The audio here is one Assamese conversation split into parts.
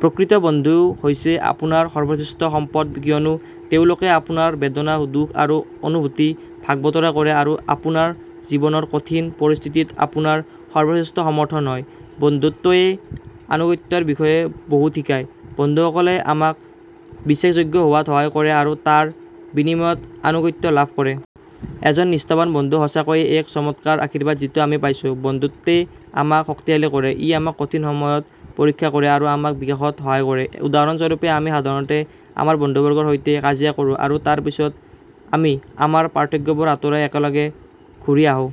প্ৰকৃত বন্ধুহৈছে আপোনাৰ সৰ্বশ্ৰেষ্ঠ সম্পদ কিয়নো তেওঁলোকে আপোনাৰ বেদনা, দুখ আৰু অনুভূতি ভাগ বতৰা কৰে আৰু আপোনাৰ জীৱনৰ কঠিন পৰিস্থিতিত আপোনাৰ সৰ্বশ্ৰেষ্ঠ সমৰ্থন হয়। বন্ধুত্বেও আনুগত্যৰ বিষয়ে বহুত শিকায়। বন্ধুসকলে আমাক বিশ্বাসযোগ্য হোৱাত সহায় কৰে আৰু তাৰ বিনিময়ত আনুগত্য লাভ কৰে। এজন নিষ্ঠাৱান বন্ধু সঁচাকৈয়ে এক চমৎকাৰ আশীৰ্বাদ যিটো আমি পাইছো। বন্ধুত্বে আমাক শক্তিশালী কৰে। ই আমাক কঠিন সময়ত পৰীক্ষা কৰে আৰু আমাক বিকাশত সহায় কৰে। উদাহৰণ স্বৰূপে, আমি সাধাৰণতে আমাৰ বন্ধুবৰ্গৰ সৈতে কাজিয়া কৰোঁ, আৰু তাৰ পিছত, আমি আমাৰ পাৰ্থক্যবোৰ আঁতৰাই একেলগে ঘূৰি আহো।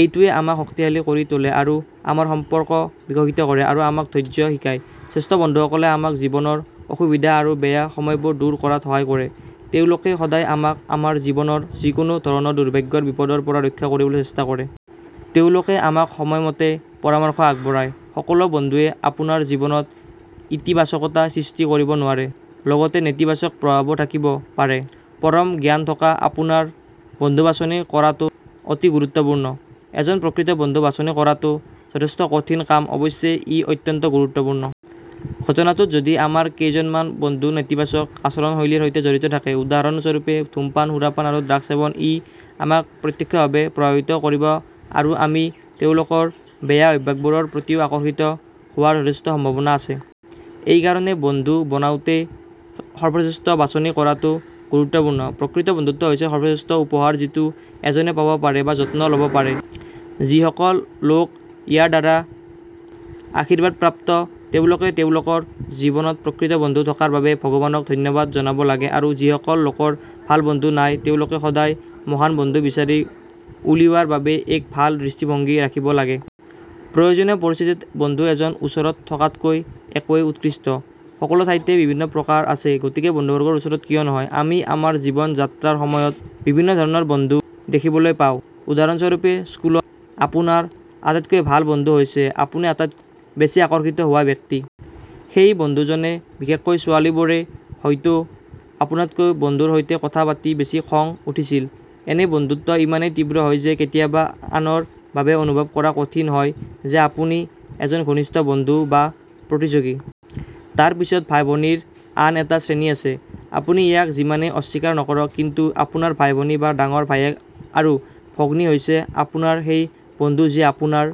এইটোৱেই আমাক শক্তিশালী কৰি তোলে আৰু আমাৰ সম্পৰ্ক বিকশিত কৰে আৰু আমাক ধৈৰ্য্য শিকায়। শ্ৰেষ্ঠ বন্ধুসকলে আমাক জীৱনৰ অসুবিধা আৰু বেয়া সময়বোৰ দূৰ কৰাত সহায় কৰে। তেওঁলোকে সদায় আমাক আমাৰ জীৱনৰ যিকোনো ধৰণৰ দুৰ্ভাগ্যৰ বিপদৰ পৰা ৰক্ষা কৰিবলৈ চেষ্টা কৰে। তেওঁলোকে আমাক সময়মতে পৰামৰ্শ আগবঢ়ায়। সকলো বন্ধুৱে আপোনাৰ জীৱনত ইতিবাচকতা সৃষ্টি কৰিব নোৱাৰে। লগতে নেতিবাচক প্ৰভাৱো থাকিব পাৰে। পৰম জ্ঞানথকা আপোনাৰ বন্ধুবাছনি কৰাটো অতি গুৰুত্বপূৰ্ণ। এজন প্ৰকৃত বন্ধু বাছনি কৰাটো যথেষ্ট কঠিন কাম অৱশ্যে ই অত্যন্ত গুৰুত্বপূৰ্ণ। ঘটনাটোত, যদি আমাৰ কেইজনমান বন্ধুনেতিবাচক আচৰণ শৈলীৰ সৈতে জড়িত থাকে, উদাহৰণ স্বৰূপে, ধূমপান, সুৰাপান আৰু ড্ৰাগ সেৱন, ই আমাক প্ৰত্যক্ষভাৱে প্ৰভাৱিত কৰিব আৰু আমি তেওঁলোকৰ বেয়া অভ্যাসবোৰৰ প্ৰতিও আকৰ্ষিত হোৱাৰ যথেষ্ট সম্ভাৱনা আছে। এইকাৰণেই বন্ধু বনাওঁতে সৰ্বশ্ৰেষ্ঠ বাছনি কৰাটো গুৰুত্বপূৰ্ণ। প্ৰকৃত বন্ধুত্ব হৈছে সৰ্বশ্ৰেষ্ঠ উপহাৰ যিটো এজনে পাব পাৰে বা যত্ন ল'ব পাৰে। যিসকল লোক ইয়াৰ দ্বাৰা আশীৰ্বাদপ্ৰাপ্ত তেওঁলোকে তেওঁলোকৰ জীৱনত প্ৰকৃত বন্ধু থকাৰ বাবে ভগৱানক ধন্যবাদ জনাব লাগে আৰু যিসকল লোকৰ ভাল বন্ধু নাই তেওঁলোকে সদায়ে মহান বন্ধু বিচাৰি উলিওৱাৰ বাবে এক ভাল দৃষ্টিভংগী ৰাখিব লাগে। প্ৰয়োজনীয় পৰিস্থিতিত বন্ধু এজন ওচৰত থকাতকৈ একো ৱেই উৎকৃষ্ট। সকলোঠাইতে বিভিন্ন প্ৰকাৰ আছে, গতিকে বন্ধুবৰ্গৰ ওপৰত কিয় নহয়। আমি আমাৰ জীৱন যাত্ৰাৰ সময়ত বিভিন্ন ধৰণৰ বন্ধু দেখিবলৈ পাওঁ। উদাহৰণ স্বৰূপে, স্কুলত আপোনাৰ আটাইতকৈ ভাল বন্ধু হৈছে আপুনি আটাইতকৈ বেছি আকৰ্ষিত হোৱা ব্যক্তি। সেই বন্ধুজনে, বিশেষকৈ ছোৱালীবোৰে, হয়তো আপোনাতকৈ বন্ধুৰ সৈতে কথা পাতি বেছি খং উঠিছিল। এনে বন্ধুত্ব ইমানেই তীব্ৰ হয় যে কেতিয়াবা আনৰ বাবে অনুভৱ কৰা কঠিন হয় যে আপুনি এজন ঘনিষ্ঠ বন্ধু বা প্ৰতিযোগী। তাৰ পিছত ভাই-ভনীৰ আন এটা শ্ৰেণী আছে। আপুনি ইয়াক যিমানেই অস্বীকাৰ নকৰক, কিন্তু আপোনাৰ ভাই-ভনী বা ডাঙৰ ভায়েক আৰু ভগ্নী হৈছে আপোনাৰ সেই বন্ধু যি আপোনাৰ